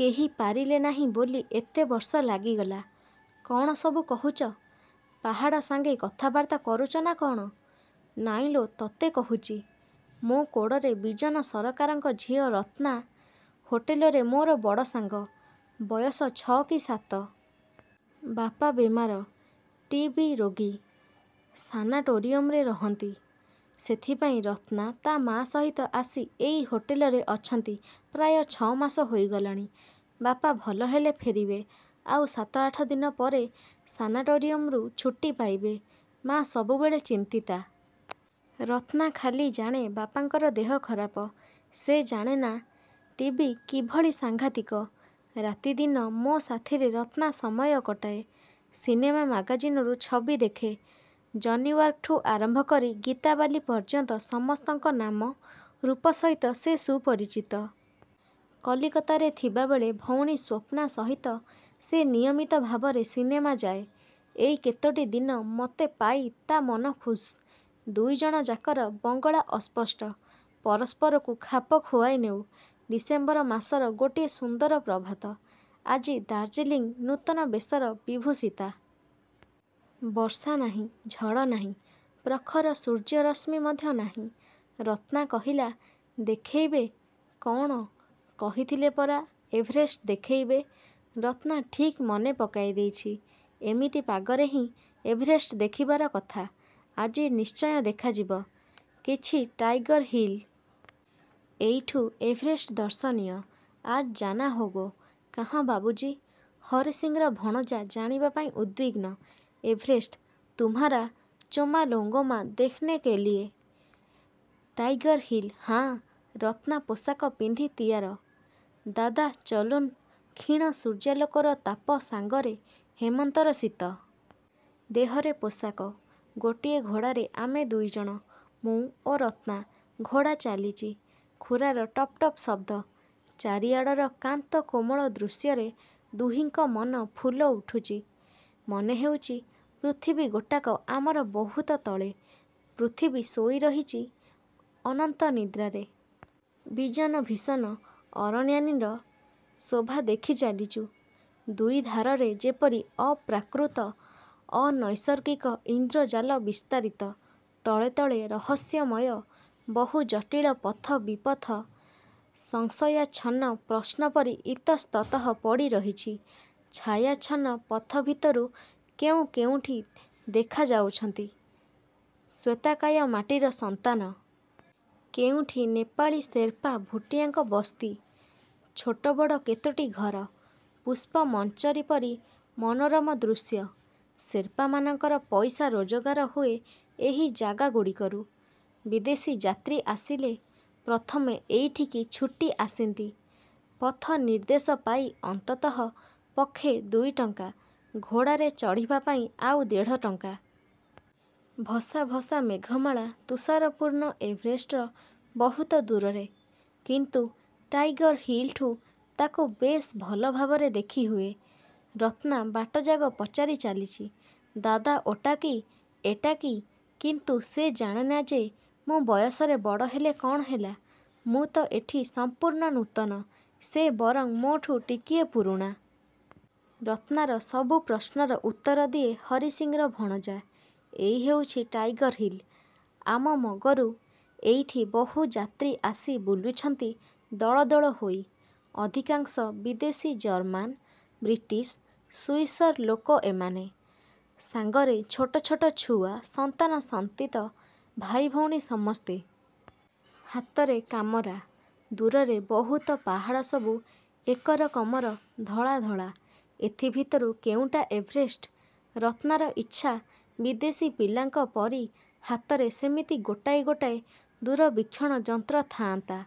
କେହି ପାରିଲେ ନାହିଁ ବୋଲି ଏତେ ବର୍ଷ ଲାଗିଗଲା। '' ''କ'ଣ ସବୁ କହୁଚ? ପାହାଡ଼ ସାଙ୍ଗେ କଥାବାର୍ତ୍ତା କରୁଚ ନା କ'ଣ? '' ''ନାଇଁଲୋ, ତତେ କହୁଚି। '' ମୋ କୋଡ଼ରେ ବିଜନ ସରକାରଙ୍କ ଝିଅ ରତ୍ନା, ହୋଟେଲରେ ମୋର ବଡ଼ ସାଙ୍ଗ। ବୟସ ଛଅ କି ସାତ। ବାପା ବେମାର, ଟି. ବି ରୋଗୀ-ସାନାଟୋରିଅମରେ ରହନ୍ତି। ସେଇଥିପାଇଁ ରତ୍ନା ତା ମା' ସହିତ ଆସି ଏଇ ହୋଟେଲରେ ଅଛନ୍ତି ପ୍ରାୟ ଛଅ ମାସ ହୋଇଗଲାଣି। ବାପା ଭଲ ହେଲେ ଫେରିବେ-ଆଉ ସାତ ଆଠ ଦିନ ପରେ ସାନାଟୋରିଅମରୁ ଛୁଟି ପାଇବେ। ମାଆ ସବୁବେଳେ ଚିନ୍ତିତା। ରତ୍ନା ଖାଲି ଜାଣେ ବାପାଙ୍କର ଦେହ ଖରାପ। ସେ ଜାଣେନା ଟି. ବି. କିଭଳି ସାଙ୍ଘାତିକ। ରାତି ଦିନ ମୋ ସାଥିରେ ରତ୍ନା ସମୟ କଟାଏ, ସିନେମା ମାଗାଜିନରୁ ଛବି ଦେଖେ। ଜନିଓ୍ୱାକର୍ଠୁ ଆରମ୍ଭ କରି ଗୀତାବାଲୀ ପର୍ଯ୍ୟନ୍ତ ସମସ୍ତଙ୍କ ନାମ, ରୂପ ସହିତ ସେ ସୁପରିଚିତ। କଲିକତାରେ ଥିବାବେଳେ ଭଉଣୀ ସ୍ୱପ୍ନା ସହିତ ସେ ନିୟମିତ ଭାବରେ ସିନେମା ଯାଏ। ଏଇ କେତୋଟି ଦିନ ମତେ ପାଇ ତା ମନ ଖୁସ୍। ଦୁଇ ଜଣଯାକର ବଙ୍ଗଳା ଅସ୍ପଷ୍ଟ। ପରସ୍ପରକୁ ଖାପ ଖୁଆଇ ନେଉ। ଡିସେମ୍ବର ମାସର ଗୋଟିଏ ସୁନ୍ଦର ପ୍ରଭାତ। ଆଜି ଦାର୍ଜିଲିଂ ନୂତନ ବେଶର ବିଭୂଷିତା-। ବର୍ଷା ନାହିଁ, ଝଡ଼ ନାହିଁ, ପ୍ରଖର ସୂର୍ଯ୍ୟ ରଶ୍ମି ମଧ୍ୟ ନାହିଁ। ରତ୍ନା କହିଲା-''ଦେଖେଇବେ? '' ''କ'ଣ? '' ''କହିଥିଲେ ପରା ଏଭରେଷ୍ଟ ଦେଖେଇବେ। '' ରତ୍ନା ଠିକ୍ ମନେ ପକାଇଦେଇଛି। ଏମିତି ପାଗରେ ହିଁ ଏଭରେଷ୍ଟ ଦେଖିବାର କଥା। ଆଜି ନିଶ୍ଚୟ ଦେଖାଯିବ। କିଛି ଟାଇଗର ହିଲ୍। ଏଇଠୁ ଏଭରେଷ୍ଟ ଦର୍ଶନୀୟ। ''ଆଜ୍ ଜାନା ହୋଗୋ। '' ''କାହାଁ ବାବୁଜୀ? '' ହରିସିଂର ଭଣଜା ଜାଣିବା ପାଇଁ ଉଦ୍ବିଗ୍ନ। ''ଏଭରେଷ୍ଟ-ତୁମ୍ହାରା ଚୋମାଲୋଙ୍ଗମା ଦେଖେନକେ ଲିୟେ। '' ''Tiger heel? '' ''ହାଁ ''। ରତ୍ନା ପୋଷାକ ପିନ୍ଧି ତିଆର। ''ଦାଦା, ଚଲୁନ-'' କ୍ଷୀଣ ସୂର୍ଯ୍ୟାଲୋକର ତାପ ସାଙ୍ଗରେ ହେମନ୍ତର ଶୀତ। ଦେହରେ ପୋଷାକ। ଗୋଟିଏ ଘୋଡ଼ାରେ ଆମେ ଦୁଇଜଣ, ମୁଁ ଓ ରତ୍ନା। ଘୋଡ଼ା ଚାଲିଚି-ଖୁରାର ଟପ୍ ଟପ୍ ଶବ୍ଦ। ଚାରିଆଡ଼ର କାନ୍ତ କୋମଳ ଦୃଶ୍ୟରେ ଦୁହିଁଙ୍କ ମନ ଫୁଲ ଉଠୁଚି। ମନେ ହେଉଚି ପୃଥିବୀ ଗୋଟାକ ଆମର ବହୁତ ତଳେ। ପୃଥିବୀ ଶୋଇ ରହିଚି ଅନନ୍ତ ନିଦ୍ରାରେ। ବିଜନ ଭୀଷଣ ଅରଣ୍ୟାନିର ଶୋଭା ଦେଖି ଚାଲିଚୁ। ଦୁଇଧାରରେ ଯେପରି ଅପ୍ରାକୃତ ଅନୈସର୍ଗିକ ଇନ୍ଦ୍ରଜାଲ ବିସ୍ତାରିତ। ତଳେ ତଳେ ରହସ୍ୟମୟ ବହୁ ଜଟିଳ ପଥ ବିପଥ ସଂଶୟାଚ୍ଛନ୍ନ ପ୍ରଶ୍ନ ପରି ଇତସ୍ତତଃ ପଡ଼ିରହିଛି। ଛାୟାଚ୍ଛନ୍ନ ପଥ ଭିତରୁ କେଉଁ କେଉଁଠି ଦେଖାଯାଉଛନ୍ତି। ଶ୍ୱେତାକାୟ ମାଟିର ସନ୍ତାନ। କେଉଁଠି ନେପାଳୀ ସେର୍ପା ଭୁଟିଆଙ୍କ ବସ୍ତି। ଛୋଟ ବଡ଼ କେତୋଟି ଘର-ପୁଷ୍ପମଞ୍ଚରୀ ପରି ମନୋରମ ଦୃଶ୍ୟ। ସେର୍ପାମାନଙ୍କର ପଇସା ରୋଜଗାର ହୁଏ ଏହି ଜାଗାଗୁଡ଼ିକରୁ। ବିଦେଶୀ ଯାତ୍ରୀ ଆସିଲେ, ପ୍ରଥମେ ଏଇଠିକି ଛୁଟି ଆସିନ୍ତି। ପଥ ନିର୍ଦ୍ଦେଶ ପାଇ ଅନ୍ତତଃ ପକ୍ଷେ ଦୁଇ ଟଙ୍କା-ଘୋଡ଼ାରେ ଚଢ଼ିବା ପାଇଁ ଆଉ ଦେଢ଼ ଟଙ୍କା। ଭସା ଭସା ମେଘମାଳା ତୁଷାରପୂର୍ଣ୍ଣ ଏଭରେଷ୍ଟର ବହୁତ ଦୂରରେ। କିନ୍ତୁ ଟାଇଗର୍ ହିଲଠୁ ତାକୁ ବେଶ ଭଲ ଭାବରେ ଦେଖି ହୁଏ। ରତ୍ନା ବାଟଯାକ ପଚାରି ଲାଗିଚି-ଦାଦା ଓଟା କି, ଏଟା କି, କିନ୍ତୁ ସେ ଜାଣେନା ଯେ ମୁଁ ବୟସରେ ବଡ଼ ହେଲେ କ'ଣ ହେଲା ମୁଁ ତ ଏଠି ସମ୍ପର୍ଣ୍ଣ ନୂତନ-ସେ ବରଂ ମୋଠୁ ଟିକିଏ ପୁରୁଣା-। ରତ୍ନାର ସବୁ ପ୍ରଶ୍ନର ଉତ୍ତର ଦିଏ ହରିସିଂର ଭଣଜା। ଏଇ ହେଉଛି ଟାଇଗର୍ ହିଲ୍। ଆମ ମଗରୁ ଏଇଠି ବହୁ ଯାତ୍ରୀ ଆସି ବୁଲୁଛନ୍ତି ଦଳ ଦଳ ହୋଇ। ଅଧିକାଂଶ ବିଦେଶୀ ଜର୍ମାନ୍, ବ୍ରିଟିଶ୍, ସୁଇସର ଲୋକ ଏମାନେ। ସାଙ୍ଗରେ ଛୋଟ ଛୋଟ ଛୁଆ, ସନ୍ତାନ ସନ୍ତିତ, ଭାଇ ଭଉଣୀ ସମସ୍ତେ। ହାତରେ କାମରା। ଦୂରରେ ବହୁତ ପାହାଡ଼ ସବୁ ଏକରକମର-ଧଳା ଧଳା। ଏଥିଭିତରୁ କେଉଁଟା ଏଭରେଷ୍ଟ? ରତ୍ନାର ଇଚ୍ଛା ବିଦେଶୀ ପିଲାଙ୍କ ପରି ହାତରେ ସେମିତି ଗୋଟାଏ ଗୋଟାଏ ଦୂରବୀକ୍ଷଣ ଯନ୍ତ୍ର ଥାଆନ୍ତା,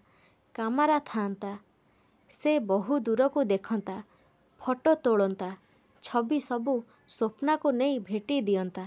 କାମାରା ଥାଆନ୍ତା। ସେ ବହୁଦୂରକୁ ଦେଖନ୍ତା-ଫଟୋ ତୋଳନ୍ତା। ଛବି ସବୁ ସ୍ୱପ୍ନାକୁ ନେଇ ଭେଟି ଦିଅନ୍ତା।